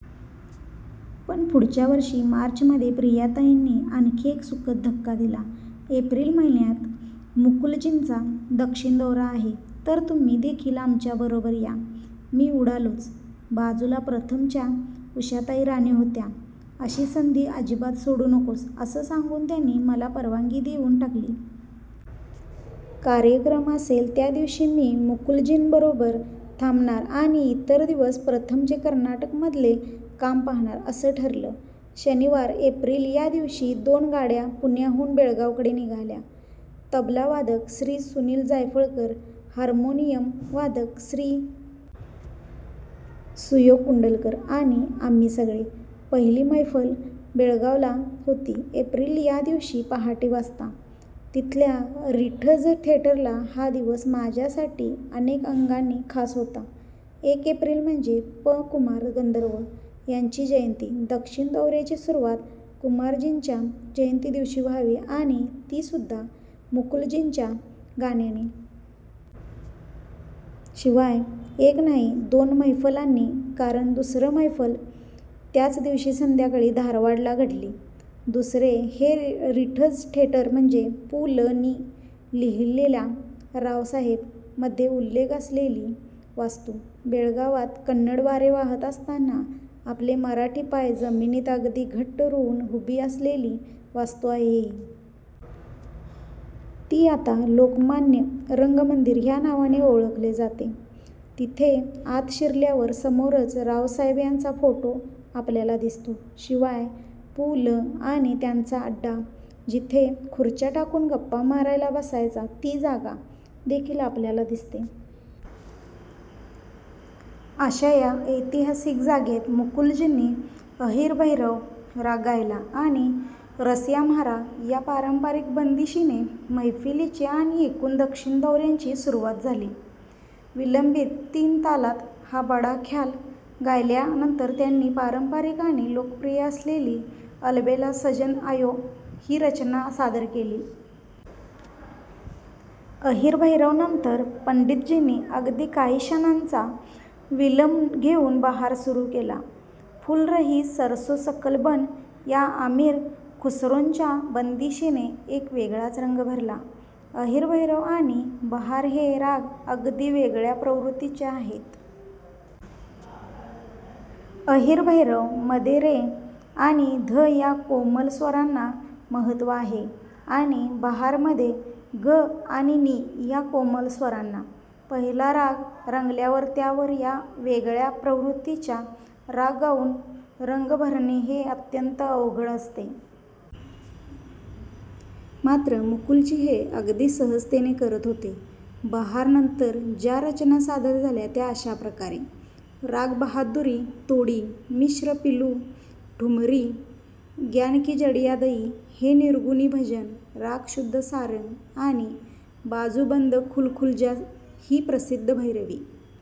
पण पुढच्या वर्षी मार्च मध्ये प्रियाताईंनी आणखी एक सुखद धक्का दिला. "एप्रिल महिन्यात मुकुलजींचा दक्षिण दौरा आहे. तर तुम्ही देखील आमच्या बरोबर या. " मी उडालोच! बाजूला 'प्रथम'च्या उषाताई राणे होत्या. "अशी संधी अजिबात सोडू नकोस", असं सांगून त्यांनी मला परवानगी देऊन टाकली! कार्यक्रम असेल त्यादिवशी मी मुकुलजीं बरोबर थांबणार आणि इतर दिवस 'प्रथम'चे कर्नाटक मधले काम पाहणार असं ठरलं. शनिवार एप्रिल या दिवशी दोन गाड्या पुण्याहून बेळगावकडे निघाल्या. तबलावादक श्री. सुनील जायफळकर, हार्मोनियम वादक श्री. सुयोग कुंडलकर आणि आम्ही सगळे. पहिली मैफल बेळगावला होती. एप्रिल या दिवशी पहाटे वाजता. तिथल्या रिट्झ थिएटरला. हा दिवस माझ्यासाठी अनेक अंगांनी खास होता. एक, एप्रिल म्हणजे पं. कुमार गंधर्व यांची जयंती. दक्षिण दौऱ्याची सुरुवात कुमारजींच्या जयंती दिवशी व्हावी आणि ती सुद्धा मुकुलजींच्या गाण्याने! शिवाय, एक नाही दोन मैफलींनी कारण दुसरी मैफल त्याच दिवशी संध्याकाळी धारवाडला घडली. दुसरे, हे रिट्झ थिएटर म्हणजे पु. लं नी लिहिलेल्या 'रावसाहेव' मध्ये उल्लेख असलेली वास्तू. बेळगावात कन्नड वारे वाहत असताना आपले मराठी पाय जमिनीत अगदी घट्ट रोवून उभी असलेली वास्तू आहे ही. ती आता लोकमान्य रंगमंदिर ह्या नावाने ओळखले जाते. तिथे आत शिरल्यावर समोरच 'रावसाहेब' यांचा फोटो आपल्याला दिसतो. शिवाय पु. लं आणि त्यांचा अड्डा जिथे खुर्च्या टाकून गप्पा मारायला बसायचा ती जागा देखील आपल्याला दिसते. अशा या ऐतिहासिक जागेत मुकुलजींनी 'अहिर भैरव' राग गायला आणि 'रसिया म्हारा' या पारंपरिक बंदिशीने मैफलीची आणि एकूण दक्षिण दौऱ्याची सुरुवात झाली. विलंबीत तीन तालात हा बडा ख्याल गायल्या नंतर त्यांनी पारंपरिक आणि लोकप्रिय असलेली 'अलबेला सजन आयो' ही रचना सादर केली. 'अहिर भैरव' नंतर पंडितजींनी अगदी काही क्षणांचा विलंब घेऊन 'बहार' सुरु केला. 'फुल रही सरसो सकल बन' या आमिर खुसरोंच्या बंदिशीने एक वेगळाच रंग भरला! अहिर भैरव आणि बहार हे राग अगदी वेगळ्या प्रवृत्तीचे आहेत. 'अहिर भैरव' मध्ये रे आणि ध या कोमल स्वरांना महत्व आहे आणि 'बहार' मध्ये ग आणि नी या कोमल स्वरांना! पहिला राग रंगल्यावर त्यावर या वेगळ्या प्रवृत्तीच्या राग गाऊन रंग भरणे हे अत्यंत अवघड असते. मात्र मुकुलजी हे अगदी सहजतेने करत होते. 'बहार' नंतर ज्या रचना सादर झाल्या त्या अशाप्रकारे राग बहादुरी तोडी, मिश्र पिलू ठुमरी, 'ग्यान की जडिया दयी' हे निर्गुणी भजन, राग शुद्ध सारंग आणि 'बाजू बंद खुल खुल जा' ही प्रसिद्ध भैरवी.